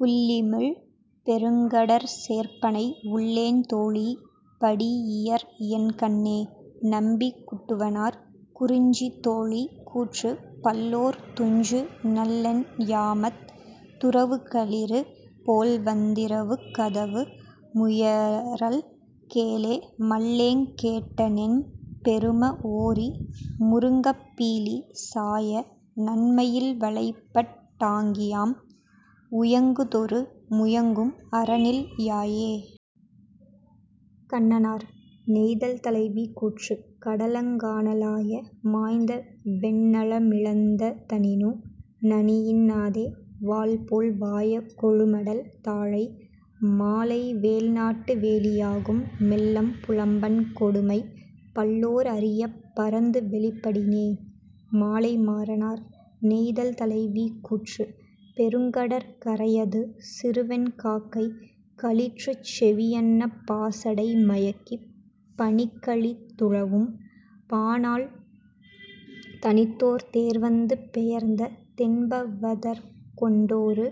புள்ளிமிழ் பெருங்கடற் சேர்ப்பனை உள்ளேன் தோழி படீஇயர்என் கண்ணே. -நம்பி குட்டுவனார்.. குறிஞ்சி தோழி கூற்று பல்லோர் துஞ்சு நள்ளென் யாமத் துரவுக்களிறு போல்வந் திரவுக்கதவு முயறல் கேளே மல்லேங் கேட்டனெம் பெரும ஓரி முருங்கப் பீலி சாய நன்மயில் வலைப்பட் டாங்கியாம் உயங்குதொறு முயங்கும் அறனில் யாயே. -கண்ணனார்.. நெய்தல் தலைவி கூற்று கடலங் கான லாய மாய்ந்தவென் நலமிழந் ததனினு நனியின் னாதே வாள்போல் வாய கொழுமடல் தாழை மாலைவேல் நாட்டு வேலி யாகும் மெல்லம் புலம்பன் கொடுமை பல்லோர் அறியப் பரந்துவௌிப் படினே. -மாலைமாறனார்.. நெய்தல் தலைவி கூற்று பெருங்கடற் கரையது சிறுவெண் காக்கை களிற்றுச்செவி யன்ன பாசடை மயக்கிப் பனிக்கழி துழவும் பானாள் தனித்தோர் தேர்வந்து பெயர்ந்த தென்ப வதற்கொண் டோரு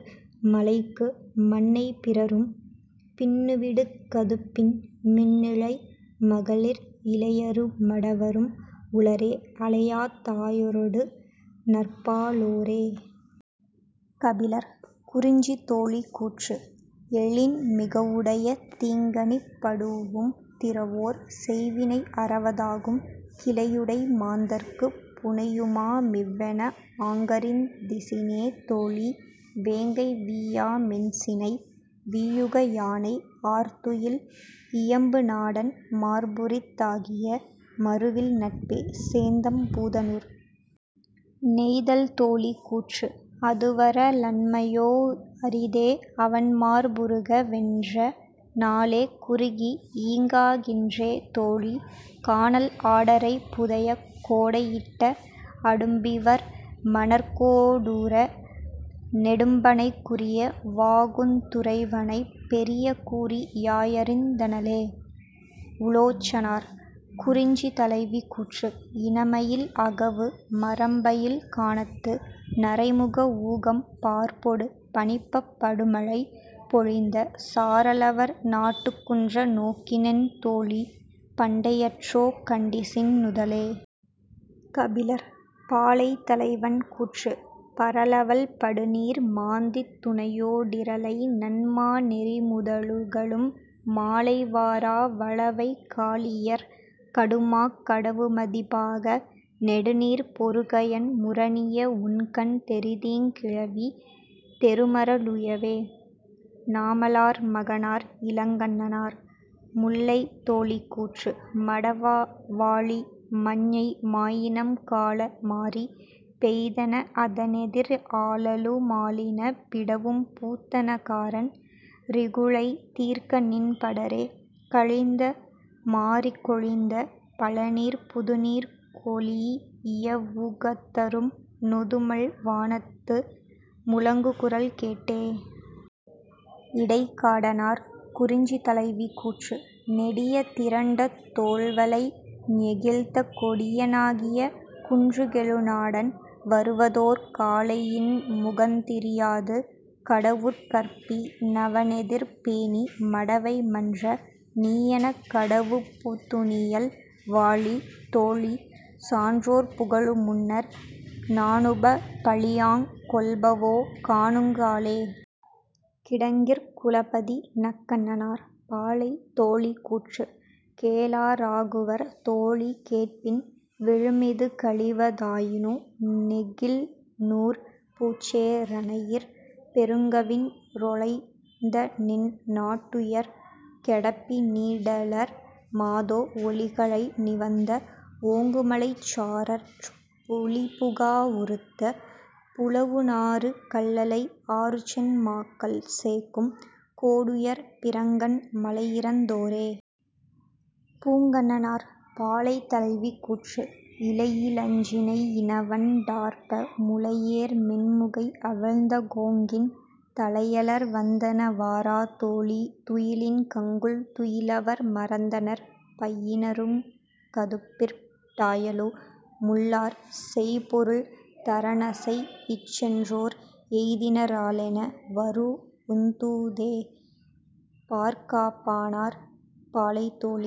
மலைக்கு மன்னை பிறரும் பின்னுவிடு கதுப்பின் மின்னிழை மகளிர் இளையரு மடவரும் உளரே அலையாத் தாயரொடு நற்பா லோரே. -கபிலர்.. குறிஞ்சி தோழி கூற்று எழின்மிக வுடைய தீங்கணிப் படூஉம் திறவோர் செய்வினை அறவ தாகும் கிளையுடை மாந்தர்க்குப் புணையுமா மிவ்வென ஆங்கறிந் திசினே தோழி வேங்கை வீயா மென்சினை வீயுக யானை ஆர்துயில் இயம்பு நாடன் மார்புரித் தாகிய மறுவில் நட்பே. -சேந்தம் பூதனார்.. நெய்தல் தோழி கூற்று அதுவர லன்மையோ அரிதே அவன்மார் புறுக வென்ற நாளே குறுகி ஈங்கா கின்றே தோழி கானல் ஆடரை புதையக் கோடை யிட்ட அடும்பிவர் மணற்கோ டூர நெடும்பனைக் குறிய வாகுந் துறைவனைப் பெரிய கூறி யாயறிந் தனளே. -உலோச்சனார்.. குறிஞ்சி தலைவி கூற்று இனமயில் அகவு மரம்பயில் கானத்து நரைமுக ஊகம் பார்ப்பொடு பனிப்பப் படுமழை பொழிந்த சாரலவர் நாட்டுக் குன்ற நோக்கினென் தோழி பண்டை யற்றோ கண்டிசின் நுதலே. -கபிலர்.. பாலை தலைவன் கூற்று பரலவல் படுநீர் மாந்தித் துணையோ டிரலை நன்மா னெறிமுத லுகளும் மாலை வாரா வளவைக் காலியற் கடுமாக் கடவுமதி பாக நெடுநீர்ப் பொருகயன் முரணிய உண்கண் தெரிதீங் கிளவி தெருமர லுயவே. -நாமலார் மகனார் இளங்கண்ணனார்.. முல்லை தோழி கூற்று மடவ வாழி மஞ்ஞை மாயினம் கால மாரி பெய்தென அதனெதிர் ஆலலு மாலின பிடவும் பூத்தன காரன் றிகுளை தீர்கநின் படரே கழிந்த மாரிக் கொழிந்த பழநீர் புதுநீர் கொளீஇய வுகுத்தரும் நொதுமல் வானத்து முழங்குகுரல் கேட்டே. -இடைக்காடனார்.. குறிஞ்சி தலைவி கூற்று நெடிய திரண்ட தோள்வளை ஞெகிழ்த்த கொடிய னாகிய குன்றுகெழு நாடன் வருவதோர் காலை யின்முகந் திரியாது கடவுட் கற்பி னவனெதிர் பேணி மடவை மன்ற நீயெனக் கடவுபு துனியல் வாழி தோழி சான்றோர் புகழு முன்னர் நாணுப பழியாங் கொல்பவோ காணுங் காலே. -கிடங்கிற் குலபதி நக்கண்ணனார்.. பாலை தோழி கூற்று கேளா ராகுவர் தோழி கேட்பின் விழுமிது கழிவ தாயினு நெகிழ் நூற் பூச்சே ரணையிற் பெருங்கவின் றொலைந்தநின் நாட்டுயர் கெடப்பி னீடலர் மாதோ ஒலிகழை நிவந்த ஓங்குமலைச் சாரற் புலிபுகா வுறுத்த புலவுநாறு கல்லளை ஆறுசென் மாக்கள் சேக்கும் கோடுயர் பிறங்கன் மலையிறந் தோரே. -பூங்கண்ணனார்.. பாலை தலைவி கூற்று இலையி லஞ்சினை யினவண் டார்ப்ப முலையேர் மென்முகை அவிழ்ந்த கோங்கின் தலையலர் வந்தன வாரா தோழி துயிலின் கங்குல் துயிலவர் மறந்தனர் பயினறுங் கதுப்பிற் பாயலு முள்ளார் செய்பொருள் தரனசைஇச் சென்றோர் எய்தின ராலென வரூஉந் தூதே. -பார்காப்பானார்.. பாலை தோழி